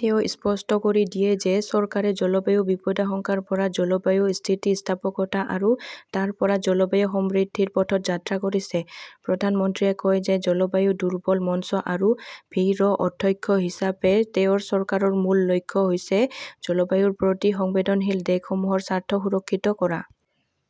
তেওঁ স্পষ্ট কৰি দিয়ে যে চৰকাৰে জলবায়ু বিপদাশংকাৰ পৰা জলবায়ু স্থিতিস্থাপকতা আৰু তাৰ পৰা জলবায়ু সমৃদ্ধিৰ পথত যাত্ৰা কৰিছে। প্ৰধানমন্ত্ৰীয়ে কয় যে জলবায়ু দুৰ্বল মঞ্চ আৰু ভি -ৰ অধ্যক্ষ হিচাপে তেওঁৰ চৰকাৰৰ মূল লক্ষ্য হৈছে জলবায়ুৰ প্ৰতি সংবেদনশীল দেশসমূহৰ স্বাৰ্থ সুৰক্ষিত কৰা।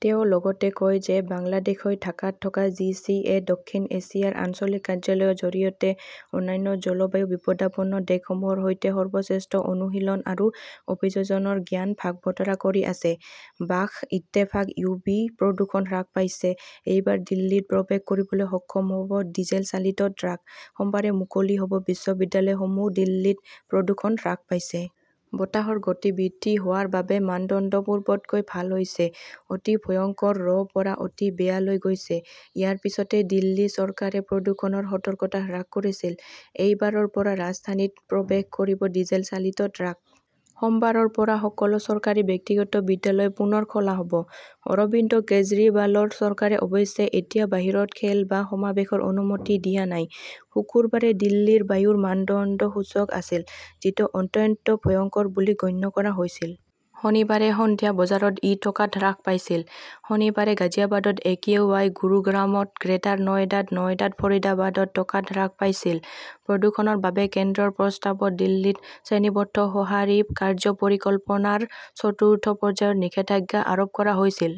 তেওঁ লগতে কয় যে বাংলাদেশই ঢাকাত থকা জি. চি. এ. দক্ষিণ এছিয়াৰ আঞ্চলিক কাৰ্যালয়ৰ জৰিয়তে অন্যান্য জলবায়ু বিপদাপন্ন দেশসমূহৰ সৈতে সৰ্বশ্ৰেষ্ঠ অনুশীলন আৰু অভিযোজনৰ জ্ঞান ভাগ বতৰা কৰি আছে। বাস ইত্তেফাক/ইউবি প্ৰদূষণ হ্ৰাস পাইছে, এইবাৰ দিল্লীত প্ৰৱেশ কৰিবলৈ সক্ষম হ 'ব ডিজেল চালিত ট্ৰাক, সোমবাৰে মুকলি হ' ব বিদ্যালয়সমূহ দিল্লীত প্ৰদূষণ হ্ৰাস পাইছে। বতাহৰ গতি বৃদ্ধি হোৱাৰ বাবে মানদণ্ড পূৰ্বতকৈ ভাল হৈছে। 'অতি ভয়ংকৰ "ৰ পৰা' অতি বেয়া" লৈ গৈছে। ইয়াৰ পিছতে দিল্লী চৰকাৰে প্ৰদূষণৰ সতৰ্কতা হ্ৰাস কৰিছিল। এই বাৰৰ পৰা ৰাজধানীত প্ৰৱেশ কৰিব ডিজেল চালিত ট্ৰাক। সোমবাৰৰ পৰা সকলো চৰকাৰী, ব্যক্তিগত বিদ্যালয় পুনৰ খোলা হ "ব। অৰবিন্দ কেজৰিৱালৰ চৰকাৰে অৱশ্যে এতিয়াও বাহিৰত খেল বা সমাৱেশৰ অনুমতি দিয়া নাই। শুকুৰবাৰে দিল্লীৰ বায়ুৰ মানদণ্ড সূচক আছিল। যিটো 'অত্যন্ত ভয়ংকৰ "বুলি গণ্য কৰা হৈছিল। শনিবাৰে সন্ধিয়া বজাত ই টকাত হ্ৰাস পাইছিল। শনিবাৰে গাজিয়াবাদত একিউআই, গুৰুগ্ৰামত, গ্ৰেটাৰ নয়ডাত, নয়ডাত, ফৰিদাবাদত টকাত হ্ৰাস পাইছিল। প্ৰদূষণৰ বাবে কেন্দ্ৰৰ প্ৰস্তাৱত দিল্লীত 'শ্ৰেণীবদ্ধ সঁহাৰি কাৰ্য্য পৰিকল্পনা " ৰ চতুৰ্থ পৰ্যায়ৰ নিষেধাজ্ঞা আৰোপ কৰা হৈছিল।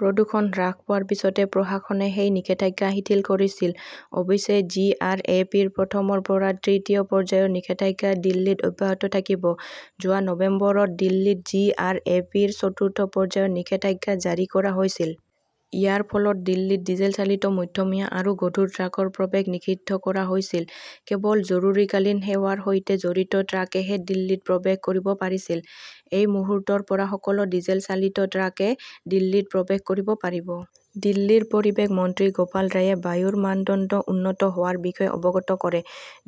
প্ৰদূষণ হ্ৰাস পোৱাৰ পিছতে প্ৰশাসনে সেই নিষেধাজ্ঞা শিথিল কৰিছিল। অৱশ্যে, জি. আৰ. এ. পি. -ৰ প্ৰথমৰ পৰা তৃতীয় পৰ্যায়ৰ নিষেধাজ্ঞা দিল্লীত অব্যাহত থাকিব। যোৱা নৱেম্বৰত দিল্লীত জি. আৰ. এ. পি. -ৰ চতুৰ্থ পৰ্যায়ৰ নিষেধাজ্ঞা জাৰি কৰা হৈছিল। ইয়াৰ ফলত দিল্লীত ডিজেল চালিত মধ্যমীয়া আৰু গধুৰ ট্ৰাকৰ প্ৰৱেশ নিষিদ্ধ কৰা হৈছিল। কেৱল জৰুৰীকালীন সেৱাৰ সৈতে জড়িত ট্ৰাকেহে দিল্লীত প্ৰৱেশ কৰিব পাৰিছিল। এই মুহূৰ্তৰ পৰা সকলো ডিজেল চালিত ট্ৰাকে দিল্লীত প্ৰৱেশ কৰিব পাৰিব। দিল্লীৰ পৰিৱেশ মন্ত্ৰী গোপাল ৰায়ে বায়ুৰ মানদণ্ড উন্নত হোৱাৰ বিষয়ে অৱগত কৰে।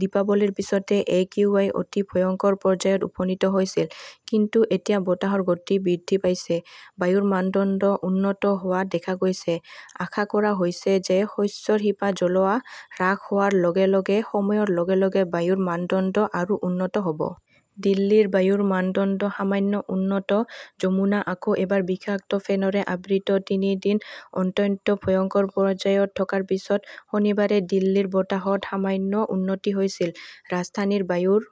"দীপাৱলীৰ পিছতে একিউআই অতি ভয়ংকৰ পৰ্যায়ত উপনীত হৈছিল। কিন্তু এতিয়া বতাহৰ গতি বৃদ্ধি পাইছে। বায়ুৰ মানদণ্ড উন্নত হোৱা দেখা গৈছে। আশা কৰা হৈছে যে শস্যৰ শিপা জ্বলোৱা হ্ৰাস হোৱাৰ লগে লগে সময়ৰ লগে লগে বায়ুৰ মানদণ্ড আৰু উন্নত হ "ব। "। দিল্লীৰ বায়ুৰ মানদণ্ড সামান্য 'উন্নত ", যমুনা আকৌ এবাৰ বিষাক্ত ফেনৰে আবৃত তিনি দিন 'অত্যন্ত ভয়ংকৰ "পৰ্যায়ত থকাৰ পিছত শনিবাৰে দিল্লীৰ বতাহত সামান্য' উন্নতি" হৈছিল। ৰাজধানীৰ বায়ুৰ